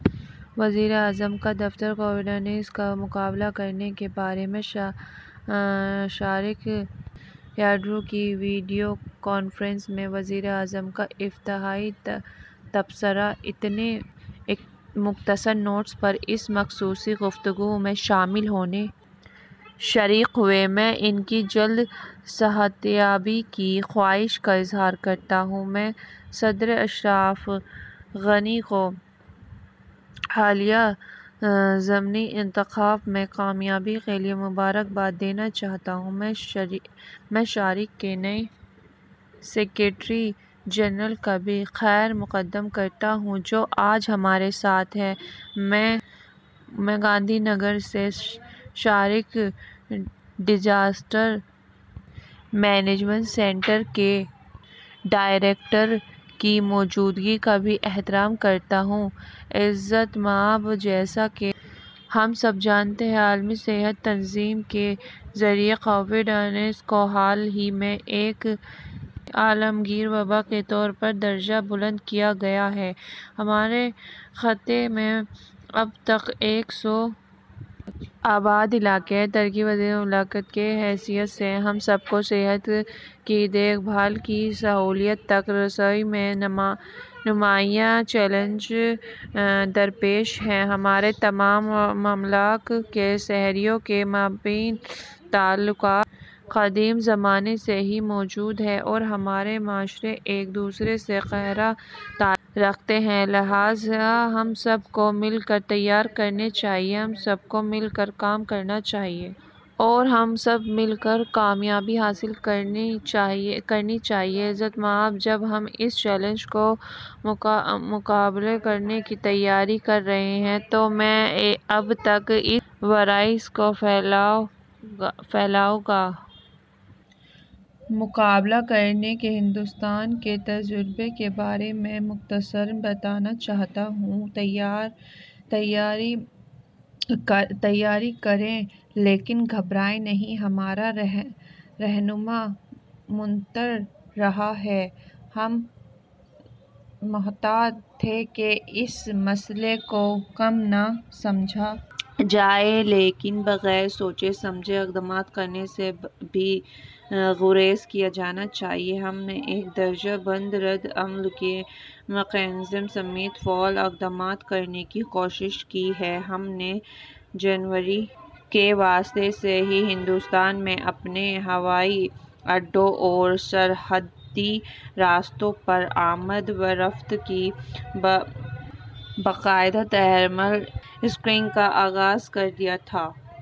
وزیر اعظم کا دفتر کووڈ انیس کا مقابلہ کرنے کے بارے میں سارک لیڈروں کی ویڈیو کانفرنس میں وزیر اعظم کا افتتاحی تبصرہ اتنے مختصر نوٹس پر اس خصوصی گفتگو میں شامل ہونے شریک ہوئے میں ان کی جلد صحتیابی کی خواہش کا اظہار کرتا ہوں میں صدر اشرف غنی کو حالیہ ضمنی انتخاب میں کامیابی کے لیے مبارکباد دینا چاہتا ہوں میں سارک کے نئے سکریٹری جنرل کا بھی خیرمقدم کرتا ہوں جو آج ہمارے ساتھ ہیں میں گاندھی نگر سے سارک ڈیزاسٹر مینجمنٹ سنٹر کے ڈائریکٹر کی موجودگی کا بھی احترام کرتا ہوں عزت مآب جیسا کہ ہم سب جانتے ہیں عالمی صحت تنظیم کے ذریعہ کووڈ انیس کو حال ہی میں ایک عالمگیر وبا کے طور پر درجہ بند کیا گیا ہے ہمارے خطے میں اب تک ایک سو آباد علاقہ ہے ترقی پذیر ممالک کی حیثیت سے ہم سب کو صحت کی دیکھ بھال کی سہولیات تک رسائی میں نمایاں چیلنجز درپیش ہیں ہمارے تمام ممالک کے شہریوں کے مابین تعلقات قدیم زمانے سے ہی موجود ہیں اور ہمارے معاشرے ایک دوسرے سے گہرا تعلق رکھتے ہیں لہذا ہم سب کو مل کر تیاری کرنی چاہیے ہم سب کو مل کر کام کرنا چاہیے اور ہم سب کو مل کر کامیابی حاصل کرنی چاہیے عزت مآب جب ہم اس چیلنج کا مقابلہ کرنے کی تیاری کر رہے ہیں تو میں اب تک اس وائرس کے پھیلاؤ کا مقابلہ کرنے کے ہندوستان کے تجربے کے بارے میں مختصراً بتانا چاہتا ہوں تیاری کریں لیکن گھبرائیں نہیں ہمارا رہنما منتر رہا ہے ہم محتاط تھے کہ اس مسئلے کو کم نہ سمجھا جائے لیکن بغیر سوچے سمجھے اقدامات کرنے سے بھی گریز کیا جانا چاہیے ہم نے ایک درجہ بند رد عمل کے میکانزم سمیت فعال اقدامات کرنے کی کوشش کی ہے ہم نے جنوری کے وسط سے ہی ہندوستان میں اپنے ہوائی اڈوں اور سرحدی راستوں پر آمد و رفت کی باقاعدہ تھرمل اسکریننگ کا آغاز کر دیا تھا